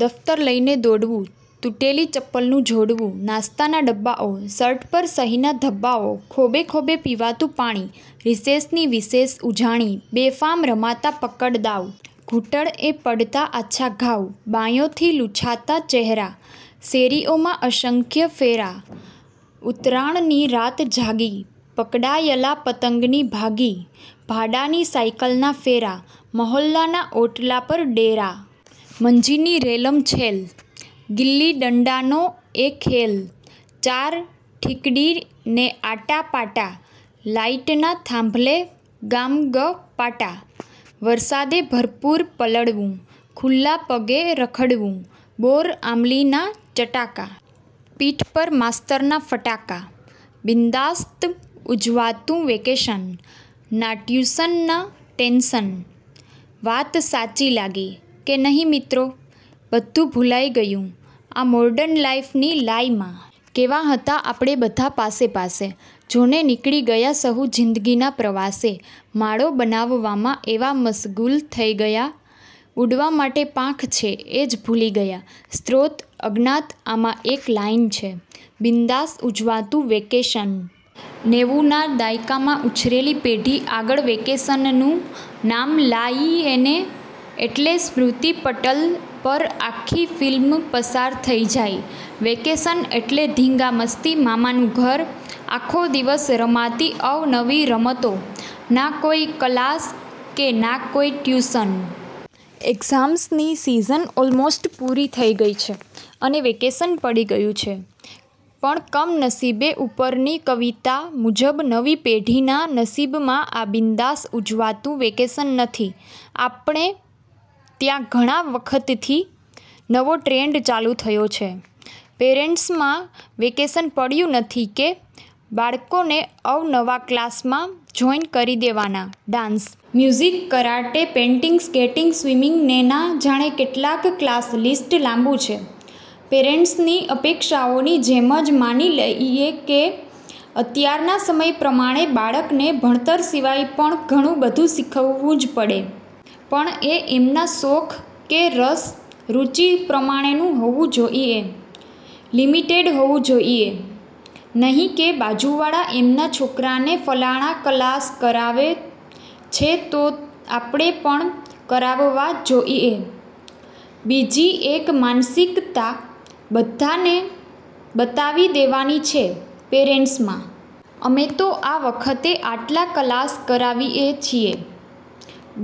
દફતર લઈને દોડવુ! તૂટેલી ચપ્પલ નું જોડવું! નાશ્તા ના ડબ્બાઓ! શર્ટ પર સહીના ધબ્બાઓ! ખોબે ખોબે પીવાતું પાણી! રીસેસ ની વિશેષ ઉજાણી! બેફામ રમાતા પકડ દાવ! ઘૂંટણ એ પડતા આછા ઘાવ! બાયોં થી લુંછાતા ચેહરા! શેરીઓમાં અસંખ્ય ફેરાં! ઉતરાણ ની રાત જાગી! પકડાયલા પતંગ ની ભાગી! ભાડાં ની સાયકલ નાં ફેરાં! મહોલ્લાના ઓટલા પર ડેરા! મંજી ની રેલમ છેલ! ગીલ્લી ડંડા નો એ ખેલ! ચાર ઠીકડી ને આટા પાટા! લાઈટના થાંભલે ગામગપાટા! વરસાદે ભરપૂર પલળવું! ખુલ્લા પગે રખડવું! બોર આમલી નાં ચટાકા! પીઠ પર માસ્તર ના ફટાકા! બિન્દાસ્ત ઉજવાતું વેકેશન! નાં ટ્યુશન નાં ટેન્શન! વાત સાચી લાગી! કે નહિ મિત્રો!! બધું ભૂલાઈ ગયું..!! આ મોર્ડન લાઈફ ની લાઇ માં! કેવાં હતાં આપણે બધાં પાસે-પાસે? જો ને નીકળી ગયા સહુ જીંદગીના પ્રવાસે! માળો બનાવવામાં એવા મશગુલ થઇ ગયા; ઉડવા માટે પાંખ છે એજ ભૂલી ગયા! સ્ત્રોત: અજ્ઞાત આમાં એક લાઈન છે, બિન્દાસ ઉજવાતું વેકેશન. નેવુ ના દાયકામાં ઉછરેલી પેઢી આગળ વેકેશન નું નામ લાઇએને એટલે સ્મૃતિપટલ પર આખ્ખી ફિલ્મ પસાર થઈ જાય. વેકેશન એટલે ધીંગામસ્તી, મામાનું ઘર, આખ્ખો દિવસ રમાતી અવનવી રમતો, ના કોઈ કલાસ કે ના કોઈ ટ્યુશન.. એક્ઝામ્સ ની સીઝન ઓલમોસ્ટ પુરી થઈ ગઈ છે અને વેકેશન પડી ગયુ છે. પણ કમનસીબે ઉપરની કવિતા મુજબ નવી પેઢીના નસીબમાં આ બિન્દાસ ઉજવાતું વેકેશન નથી.. આપણે ત્યાં ઘણાં વખતથી નવો ટ્રેન્ડ ચાલુ થયો છે પેરેન્ટ્સ માં, વેકેશન પડ્યું નથી કે બાળકોને અવનવા ક્લાસમાં જોઈન કરી દેવાના..ડાન્સ, music, karate, painting, skating, swimming ને ના જાણે કેટલાક કલાસ.. લિસ્ટ લાબું છે, પેરેન્ટ્સ ની અપેક્ષાઓ ની જેમ જ. માની લઈએ કે અત્યારના સમય પ્રમાણે બાળકને ભણતર સિવાય પણ ઘણું બધુ શીખવવું જ પડે. પણ એ એમના શોખ કે રસ રુચિ પ્રમાણેનું હોવું જોઈએ, લિમિટેડ હોવું જોઈએ. નહિ કે બાજુવાળા એમના છોકરા ને ફલાણા કલાસ કરાવે છે તો આપણે પણ કરાવવા જોઈએ. બીજી એક માનસિકતા બધાને બતાવી દેવાની છે પેરેન્ટ્સ માં. અમે તો આ વખતે આટલા કલાસ કરાવીએ છીએ.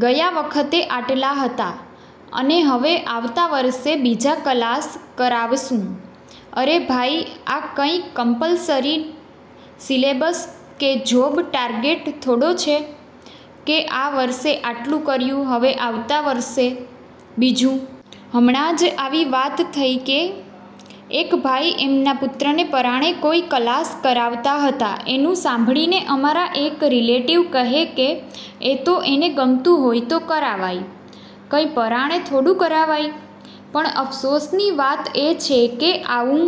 ગયા વખતે આટલા હતા, અને હવે આવતા વર્ષે બીજા કલાસ કરાવશું.. અરે ભાઈ, આ કંઈ કમ્પલસરી સિલેબસ કે જોબ ટાર્ગેટ થોડો છે કે આ વર્ષે આટલુ કર્યુ હવે આવતા વર્ષે બીજું.. હમણાંજ આવી વાત થઇ કે એક ભાઈ એમના પુત્રને પરાણે કોઈ કલાસ કરાવતા હતા. એનું સાંભળીને અમારા એક રિલેટિવ કહે કે એ તો એને ગમતું હોય તો કરાવાય, કંઈ પરાણે થોડું કરાવાય.. પણ અફસોસની વાત એ છે કે આવું